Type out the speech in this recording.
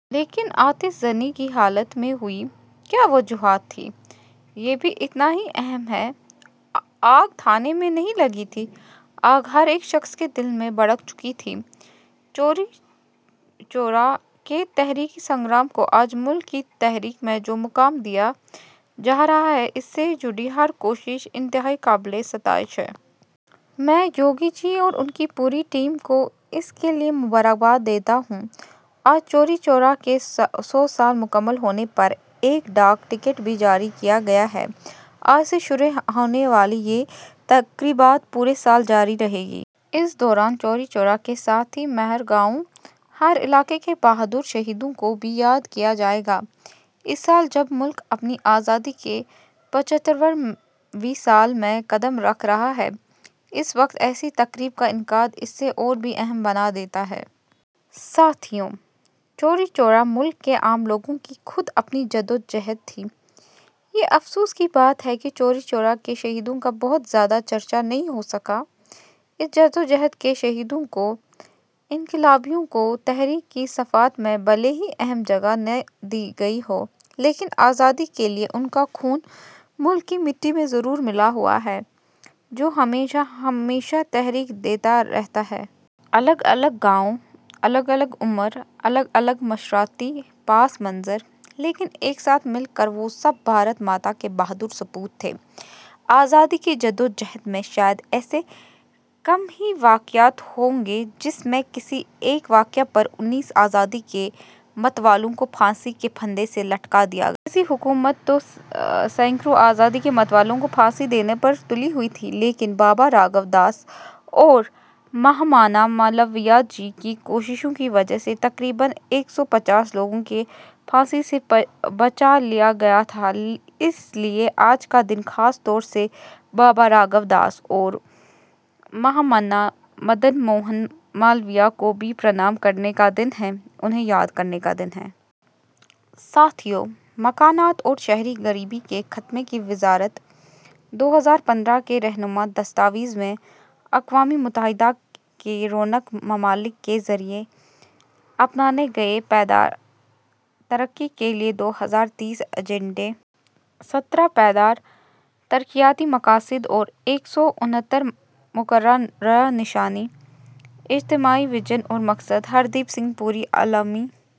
لیکن آتش زنی کی حالت میں ہوئی، کیا وجوہات تھیں، یہ بھی اتنا ہی اہم ہے۔ آگ تھانے میں نہیں لگی تھی، آگ ہر ایک شخص کے دل میں بھڑک چکی تھی۔ چوری چورا کے تاریخی سنگرام کو آج ملک کی تاریخ میں جو مقام دیا جا رہا ہے، اس سے جڑی ہر کوشش انتہائی قابلِ ستائش ہے۔ میں یوگی جی اور ان کی پوری ٹیم کو اس کے لیے مبارکباد دیتا ہوں۔ آج چوری چورا کے سو سال مکمل ہونے پر ایک ڈاک ٹکٹ بھی جاری کیا گیا ہے۔ آج سے شروع ہونے والی یہ تقریبات پورے سال جاری رہیں گی۔ اس دوران چوری چورا کے ساتھ ہی مہر گاؤں، ہر علاقے کے بہادر شہیدوں کو بھی یاد کیا جائے گا۔ اس سال جب ملک اپنی آزادی کے پچھتر ویں سال میں قدم رکھ رہا ہے، اس وقت ایسی تقریب کا انعقاد اسے اور بھی اہم بنا دیتا ہے۔ ساتھیو! چوری چورا ملک کے عام لوگوں کی خود اپنی جدوجہد تھی۔ یہ افسوس کی بات ہے کہ چوری چورا کے شہیدوں کا بہت زیادہ چرچا نہیں ہو سکا۔ اس جدوجہد کے شہیدوں کو، انقلابیوں کو تاریخ کے صفحات میں بھلے ہی اہم جگہ نہ دی گئی ہو، لیکن آزادی کے لیے ان کا خون ملک کی مٹی میں ضروری ملا ہوا ہے، جو ہمیں ہمیشہ تحریک دیتا رہتا ہے۔ الگ الگ گاؤں، الگ الگ عمر، الگ الگ معاشرتی پس منظر، لیکن ایک ساتھ مل کر وہ سب بھارت ماتا کے بہادر سپوت تھے۔ آزادی کی جدوجہد میں شاید ایسے کم ہی واقعات ہوں گے، جس میں کسی ایک واقعے پر انیس آزادی کے متوالوں کو پھانسی کے پھندے سے لٹکا دیا گیا۔ انگریزی حکومت تو سیکڑوں آزادی کے متوالوں کو پھانسی دینے پر تلی ہوئی تھی۔ لیکن بابا راگھوداس اور مہامنا مالویہ جی کی کوششوں کی وجہ سے تقریباً ایک سو پچاس لوگوں کو پھانسی سے بچا لیا گیا تھا، اس لیے آج کا دن خاص طور سے بابا راگھوداس اور مہامنا مدن موہن مالویہ کو بھی پرنام کرنے کا دن ہے، انہیں یاد کرنے کا دن ہے۔ ساتھیو! مکانات اور شہری غریبی کے خاتمے کی وزارت، دو ہزار پندرہ کے رہنما دستاویز میں اقوام متحدہ کے رکن ممالک کے ذریعہ اپنائے گئے پائیدار ترقی کے لیے دو ہزار تیس ایجنڈے، سترہ پائیدار ترقیاتی مقاصد اور ایک سو انہتر مقررہ نشانے، اجتماعی وژن اور مقصد: ہردیپ سنگھ پوری عالمی